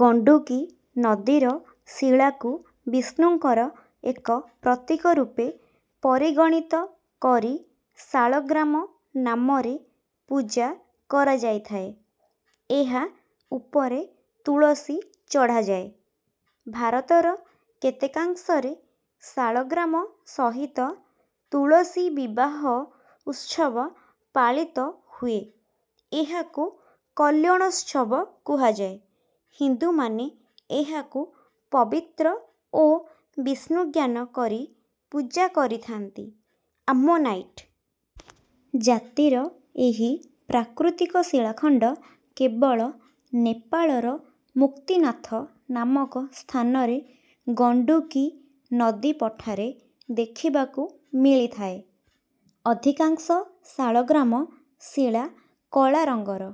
ଗଣ୍ଡୁକୀ ନଦୀର ଶିଳାକୁ ବିଷ୍ଣୁଙ୍କର ଏକ ପ୍ରତୀକ ରୂପେ ପରିଗଣିତ କରି ଶାଳଗ୍ରାମ ନାମରେ ପୂଜା କରାଯାଇଥାଏ। ଏହା ଉପରେ ତୁଳସୀ ଚଢ଼ାଯାଏ। ଭାରତର କେତେକାଂଶରେ ଶାଳଗ୍ରାମ ସହିତ ତୁଳସୀ ବିବାହ ଉତ୍ସବ ପାଳିତ ହୁଏ। ଏହାକୁ କଲ୍ୟାଣୋତ୍ସବ କୁହାଯାଏ। ହିନ୍ଦୁମାନେ ଏହାକୁ ପବିତ୍ର ଓ ବିଷ୍ଣୁ ଜ୍ଞାନ କରି ପୂଜା କରିଥାନ୍ତି। ଆମ୍ମୋନାଇଟ୍ ଜାତିର ଏହି ପ୍ରାକୃତିକ ଶିଳାଖଣ୍ଡ କେବଳ ନେପାଳର ମୁକ୍ତିନାଥ ନାମକ ସ୍ଥାନରେ ଗଣ୍ଡୁକୀ ନଦୀ ପଠାରେ ଦେଖିବାକୁ ମିଳିଥାଏ। ଅଧିକାଂଶ ଶାଳଗ୍ରାମ ଶିଳା କଳା ରଙ୍ଗର।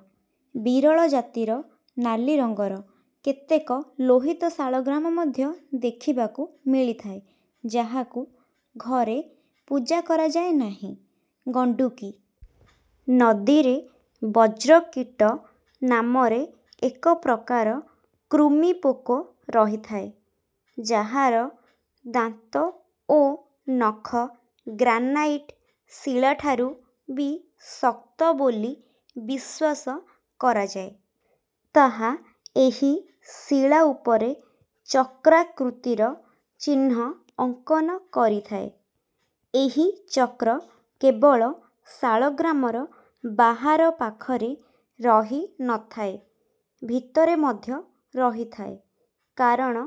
ବିରଳ ଜାତିର ନାଲି ରଙ୍ଗର କେତେକ ଲୋହିତ ଶାଳଗ୍ରାମ ମଧ୍ୟ ଦେଖିବାକୁ ମିଳିଥାଏ, ଯାହାକୁ ଘରେ ପୂଜା କରାଯାଏ ନାହିଁ। ଗଣ୍ଡୁକୀ ନଦୀରେ ବଜ୍ରକୀଟ ନାମରେ ଏକ ପ୍ରକାର କୃମିପୋକ ରହିଥାଏ, ଯାହାର ଦାନ୍ତ ଓ ନଖ ଗ୍ରାନାଇଟ୍ ଶିଳାଠାରୁ ବି ଶକ୍ତ ବୋଲି ବିଶ୍ୱାସ କରାଯାଏ। ତାହା ଏହି ଶିଳା ଉପରେ ଚକ୍ରାକୃତିର ଚିହ୍ନ ଅଙ୍କନ କରିଥାଏ। ଏହି ଚକ୍ର କେବଳ ଶାଳଗ୍ରାମର ବାହାର ପାଖରେ ରହି ନ ଥାଏ, ଭିତରେ ମଧ୍ୟ ରହିଥାଏ; କାରଣ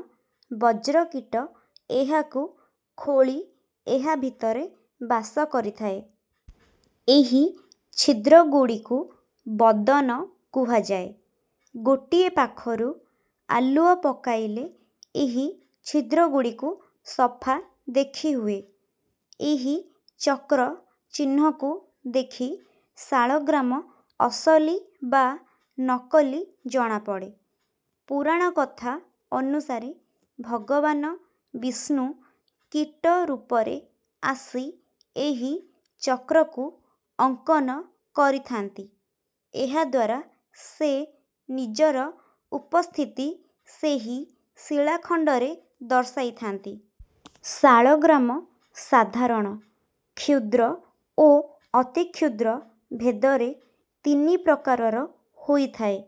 ବଜ୍ରକୀଟ ଏହାକୁ ଖୋଳି ଏହା ଭିତରେ ବାସ କରିଥାଏ। ଏହି ଛିଦ୍ରଗୁଡ଼ିକୁ ବଦନ କୁହାଯାଏ। ଗୋଟିଏ ପାଖରୁ ଆଲୁଅ ପକାଇଲେ ଏହି ଛିଦ୍ରଗୁଡ଼ିକୁ ସଫା ଦେଖିହୁଏ। ଏହି ଚକ୍ର ଚିହ୍ନକୁ ଦେଖି ଶାଳଗ୍ରାମ ଅସଲି ବା ନକଲି ଜଣାପଡ଼େ। ପୁରାଣକଥା ଅନୁସାରେ ଭଗବାନ ବିଷ୍ଣୁ କୀଟ ରୂପରେ ଆସି ଏହି ଚକ୍ରକୁ ଅଙ୍କନ କରିଥାନ୍ତି। ଏହାଦ୍ୱାରା ସେ ନିଜର ଉପସ୍ଥିତି ସେହି ଶିଳାଖଣ୍ଡରେ ଦର୍ଶାଇଥାନ୍ତି। ଶାଳଗ୍ରାମ ସାଧାରଣ, କ୍ଷୁଦ୍ର ଓ ଅତିକ୍ଷୁଦ୍ର ଭେଦରେ ତିନି ପ୍ରକାରର ହୋଇଥାଏ।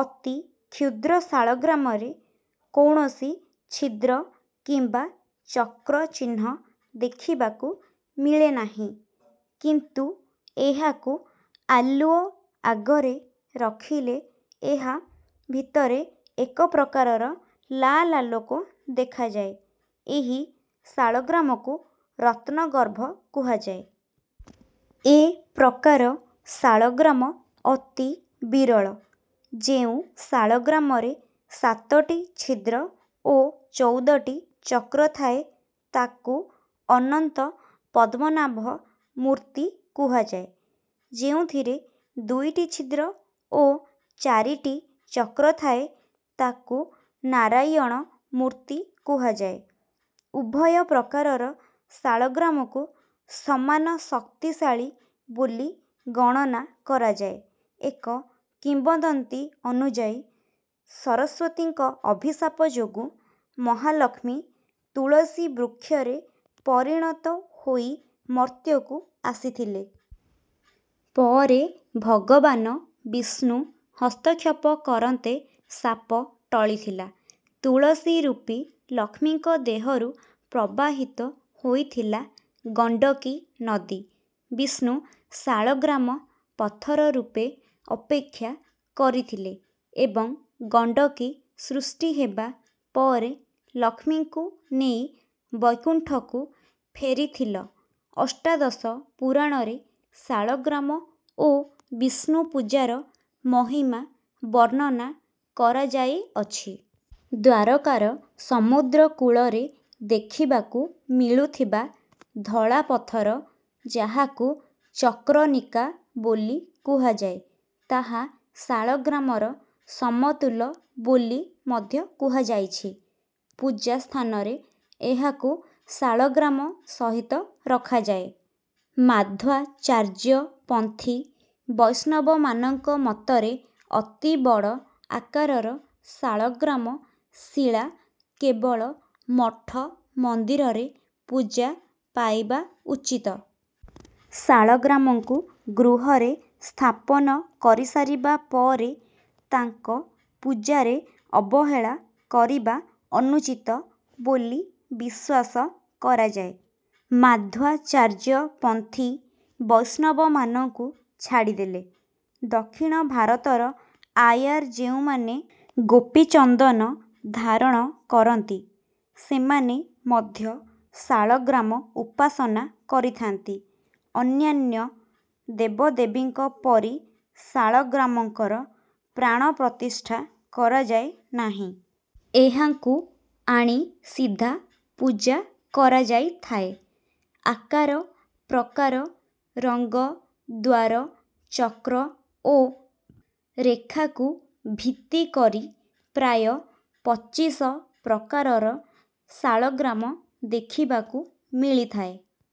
ଅତି କ୍ଷୁଦ୍ର ଶାଳଗ୍ରାମରେ କୌଣସି ଛିଦ୍ର କିମ୍ବା ଚକ୍ର ଚିହ୍ନ ଦେଖିବାକୁ ମିଳେନାହିଁ। କିନ୍ତୁ ଏହାକୁ ଆଲୁଅ ଆଗରେ ରଖିଲେ ଏହା ଭିତରେ ଏକ ପ୍ରକାରର ଲାଲ୍ ଆଲୋକ ଦେଖାଯାଏ। ଏହି ଶାଳଗ୍ରାମକୁ ରତ୍ନଗର୍ଭ କୁହାଯାଏ। ଏ ପ୍ରକାର ଶାଳଗ୍ରାମ ଅତି ବିରଳ। ଯେଉଁ ଶାଳଗ୍ରାମରେ ସାତଟି ଛିଦ୍ର ଓ ଚଉଦଟି ଚକ୍ର ଥାଏ, ତାକୁ ଅନନ୍ତ ପଦ୍ମନାଭ ମୂର୍ତ୍ତି କୁହାଯାଏ। ଯେଉଁଥିରେ ଦୁଇଟି ଛିଦ୍ର ଓ ଚାରିଟି ଚକ୍ର ଥାଏ, ତାକୁ ନାରାୟଣ ମୂର୍ତ୍ତି କୁହାଯାଏ। ଉଭୟ ପ୍ରକାରର ଶାଳଗ୍ରାମକୁ ସମାନ ଶକ୍ତିଶାଳୀ ବୋଲି ଗଣନା କରାଯାଏଏକ କିମ୍ବଦନ୍ତୀ ଅନୁଯାୟୀ ସରସ୍ୱତୀଙ୍କ ଅଭିଶାପ ଯୋଗୁଁ ମହାଲକ୍ଷ୍ମୀ ତୁଳସୀ ବୃକ୍ଷରେ ପରିଣତ ହୋଇ ମର୍ତ୍ତ୍ୟକୁ ଆସିଥିଲେ। ପରେ ଭଗବାନ ବିଷ୍ଣୁ ହସ୍ତକ୍ଷେପ କରନ୍ତେ ଶାପ ଟଳିଥିଲା। ତୁଳସୀ ରୂପୀ ଲକ୍ଷ୍ମୀଙ୍କ ଦେହରୁ ପ୍ରବାହିତ ହୋଇଥିଲା ଗଣ୍ଡକୀ ନଦୀ। ବିଷ୍ଣୁ ଶାଳଗ୍ରାମ ପଥର ରୂପେ ଅପେକ୍ଷା କରିଥିଲେ ଏବଂ ଗଣ୍ଡକୀ ସୃଷ୍ଟି ହେବା ପରେ ଲକ୍ଷ୍ମୀଙ୍କୁ ନେଇ ବୈକୁଣ୍ଠକୁ ଫେରିଥିଲଅଷ୍ଟାଦଶ ପୁରାଣରେ ଶାଳଗ୍ରାମ ଓ ବିଷ୍ଣୁ ପୂଜାର ମହିମା ବର୍ଣ୍ଣନା କରାଯାଇଅଛି। ଦ୍ୱାରକାର ସମୁଦ୍ର କୂଳରେ ଦେଖିବାକୁ ମିଳୁଥିବା ଧଳା ପଥର, ଯାହାକୁ ଚକ୍ରନିକା ବୋଲି କୁହାଯାଏ, ତାହା ଶାଳଗ୍ରାମର ସମତୁଲ ବୋଲି ମଧ୍ୟ କୁହାଯାଇଛି। ପୂଜା ସ୍ଥାନରେ ଏହାକୁ ଶାଳଗ୍ରାମ ସହିତ ରଖାଯାଏ। ମାଧ୍ୱାଚାର୍ଯ୍ୟପନ୍ଥୀ ବୈଷ୍ଣବମାନଙ୍କ ମତରେ ଅତି ବଡ଼ ଆକାରର ଶାଳଗ୍ରାମ ଶିଳା କେବଳ ମଠ ମନ୍ଦିରରେ ପୂଜା ପାଇବା ଉଚିତ। ଶାଳଗ୍ରାମଙ୍କୁ ଗୃହରେ ସ୍ଥାପନ କରିସାରିବା ପରେ ତାଙ୍କ ପୂଜାରେ ଅବହେଳା କରିବା ଅନୁଚିତ ବୋଲି ବିଶ୍ୱାସ କରାଯାଏ। ମାଧ୍ୱାଚାର୍ଯ୍ୟପନ୍ଥୀ ବୈଷ୍ଣବମାନଙ୍କୁ ଛାଡ଼ିଦେଲେ, ଦକ୍ଷିଣ ଭାରତର ଆୟାର ଯେଉଁମାନେ ଗୋପୀଚନ୍ଦନ ଧାରଣ କରନ୍ତି, ସେମାନେ ମଧ୍ୟ ଶାଳଗ୍ରାମଉପାସନା କରିଥାନ୍ତି। ଅନ୍ୟାନ୍ୟ ଦେବଦେବୀଙ୍କ ପରି ଶାଳଗ୍ରାମଙ୍କର ପ୍ରାଣପ୍ରତିଷ୍ଠା କରାଯାଏ ନାହିଁ। ଏହାଙ୍କୁ ଆଣି ସିଧା ପୂଜା କରାଯାଇଥାଏ। ଆକାର-ପ୍ରକାର, ରଙ୍ଗ, ଦ୍ୱାର, ଚକ୍ର ଓ ରେଖାକୁ ଭିତ୍ତି କରି ପ୍ରାୟ ପଚିଶ ପ୍ରକାରର ଶାଳଗ୍ରାମ ଦେଖିବାକୁ ମିଳିଥାଏ।